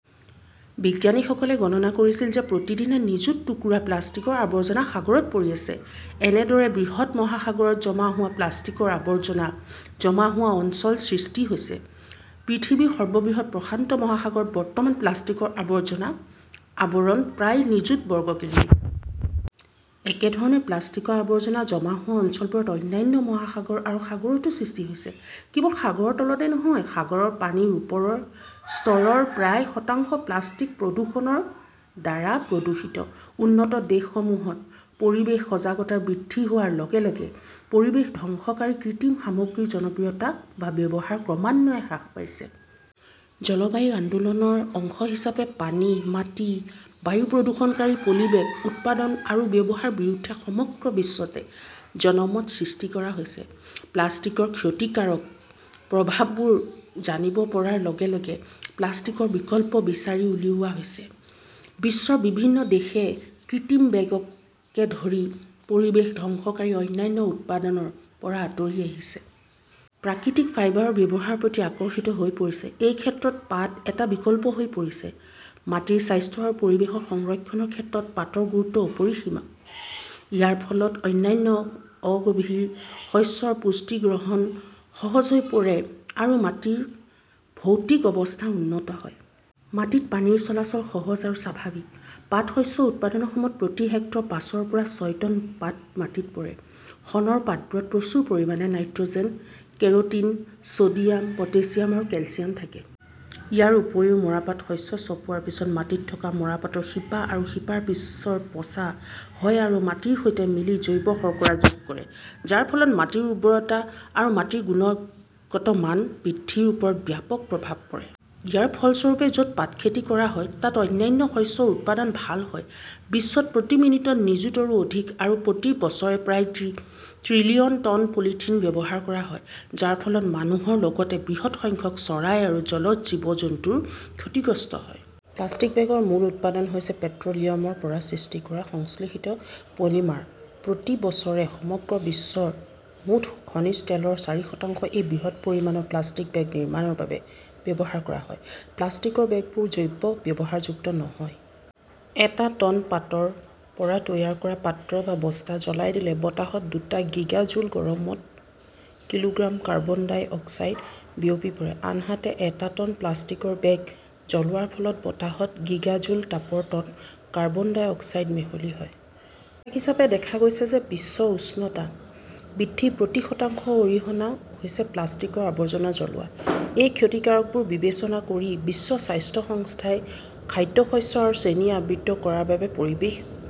বিজ্ঞানীসকলে গণনা কৰিছিল যে প্ৰতিদিনে নিযুত টুকুৰা প্লাষ্টিকৰ আৱৰ্জনা সাগৰত পৰি আছে। এনেদৰে বৃহৎ মহাসাগৰত জমা হোৱা প্লাষ্টিকৰ আৱৰ্জনা জমা হোৱা অঞ্চল সৃষ্টি হৈছে। পৃথিৱীৰ সৰ্ববৃহৎ প্ৰশান্ত মহাসাগৰত বৰ্তমান প্লাষ্টিকৰ আৱৰ্জনাৰ আৱৰণ প্ৰায় নিযুত বৰ্গ কিলোমিটাৰ। একেধৰণৰ প্লাষ্টিকৰ আৱৰ্জনা জমা হোৱা অঞ্চলবোৰ অন্যান্য মহাসাগৰ আৰু সাগৰতো সৃষ্টি হৈছে। কেৱল সাগৰৰ তলতে নহয়, সাগৰৰ পানীৰ ওপৰৰ স্তৰৰ প্ৰায় শতাংশ প্লাষ্টিকৰ প্ৰদূষণৰ দ্বাৰা প্ৰদূষিত। উন্নত দেশসমূহত পৰিৱেশ সজাগতা বৃদ্ধি হোৱাৰ লগে লগে পৰিৱেশ ধ্বংসকাৰী কৃত্ৰিম সামগ্ৰীৰ জনপ্ৰিয়তা বা ব্যৱহাৰ ক্ৰমান্বয়ে হ্ৰাস পাইছে। জলবায়ু আন্দোলনৰ অংশ হিচাপে পানী, মাটি, বায়ু প্ৰদূষণকাৰী পলিবেগ উৎপাদন আৰু ব্যৱহাৰৰ বিৰুদ্ধে সমগ্ৰ বিশ্বতে জনমত সৃষ্টি কৰা হৈছে। প্লাষ্টিকৰ ক্ষতিকাৰক প্ৰভাৱবোৰ জানিব পৰাৰ লগে লগে প্লাষ্টিকৰ বিকল্প বিচাৰি উলিওৱা হৈছে। বিশ্বৰ বিভিন্ন দেশে কৃত্ৰিম বেগকে ধৰি পৰিৱেশ ধ্বংসকাৰী অন্যান্য উপাদানৰ পৰা আঁতৰি আহিছে। প্ৰাকৃতিক ফাইবাৰৰ ব্যৱহাৰৰ প্ৰতি আকৰ্ষিত হৈ আছে। এই ক্ষেত্ৰত পাট এটা বিকল্প হৈ পৰিছে। মাটিৰ স্বাস্থ্য আৰু পৰিৱেশ সংৰক্ষণৰ ক্ষেত্ৰত পাটৰ গুৰুত্ব অপৰিসীম। ইয়াৰ ফলত অন্যান্য অগভীৰ শস্যৰ পুষ্টি গ্ৰহণ সহজ হৈ পৰে আৰু মাটিৰ ভৌতিক অৱস্থা উন্নত হয়। মাটিত পানীৰ চলাচল সহজ আৰু স্বাভাৱিক। পাট শস্য উৎপাদনৰ সময়ত প্ৰতি হেক্টৰত পাঁচৰ পৰা ছয় টন পাট মাটিত পৰে। শণৰ পাতবোৰত প্ৰচুৰ পৰিমাণে "nitrogen, keratin, "sodium, potassium আৰু কেলচিয়াম থাকে। ইয়াৰ উপৰিও, মৰাপাটৰ শস্য চপোৱাৰ পিছত মাটিত থকা মৰাপাটৰ শিপা আৰু শিপা পিছত পচা হয় আৰু মাটিৰ সৈতে মিলি জৈৱ-শৰ্কৰা যোগ কৰে, যাৰ ফলত মাটিৰ উৰ্বৰতা আৰু মাটিৰ গুণগত মান বৃদ্ধিৰ ওপৰত ব্যাপক প্ৰভাৱ পৰে। ইয়াৰ ফলস্বৰূপে, য 'ত পাট খেতি কৰা হয়, তাত অন্যান্য শস্যৰ উৎপাদনও ভাল হয়। বিশ্বত প্ৰতি মিনিটত নিযুতৰো অধিক আৰু প্ৰতি বছৰে প্ৰায় ত্ৰিলিয়ন টন পলিথিন ব্যৱহাৰ কৰা হয়, যাৰ ফলত মানুহৰ লগতে বৃহৎ সংখ্যক চৰাই আৰু জলজ জীৱ-জন্তুও ক্ষতিগ্ৰস্ত হয়। প্লাষ্টিকৰ বেগৰ মূল উপাদান হৈছে পেট্ৰ "লিয়ামৰ পৰা সৃষ্টি কৰা সংশ্লেষিত পলিমাৰ। প্ৰতি বছৰে সমগ্ৰ বিশ্বৰ মুঠ খনিজ তেলৰ চাৰি শতাংশ এই বৃহৎ পৰিমাণৰ প্লাষ্টিকৰ বেগ নিৰ্মাণৰ বাবে ব্যৱহাৰ কৰা হয়। প্লাষ্টিকৰ বেগবোৰ জৈৱ-ব্যৱহাৰযোগ্য নহয়। এটা টন পাটৰ পৰা তৈয়াৰ কৰা পাত্ৰ বা বস্তা জ্বলাই দিলে বতাহত দুটা গিগা জুল গৰমত কিলোগ্ৰাম কাৰ্বন ডাই অক্সাইড বিয়পিব পাৰে। আনহাতে, এটা টন প্লাষ্টিকৰ বেগ জ্বলোৱাৰ ফলত বতাহত গিগা জুল তাপত টন কাৰ্বন ডাই অক্সাইড মিহলি হয়। এক হিচাপে দেখা গৈছে যে বিশ্ব উষ্ণতা বৃদ্ধিৰ প্ৰতি শতাংশৰ অৰিহণা হৈছে প্লাষ্টিকৰ আৱৰ্জনা জ্বলোৱা। এই ক্ষতিকাৰকবোৰ বিবেচনা কৰি বিশ্ব স্বাস্থ্য সংস্থাই খাদ্যশস্য আৰু চেনি আবৃত কৰাৰ বাবে পৰিৱেশ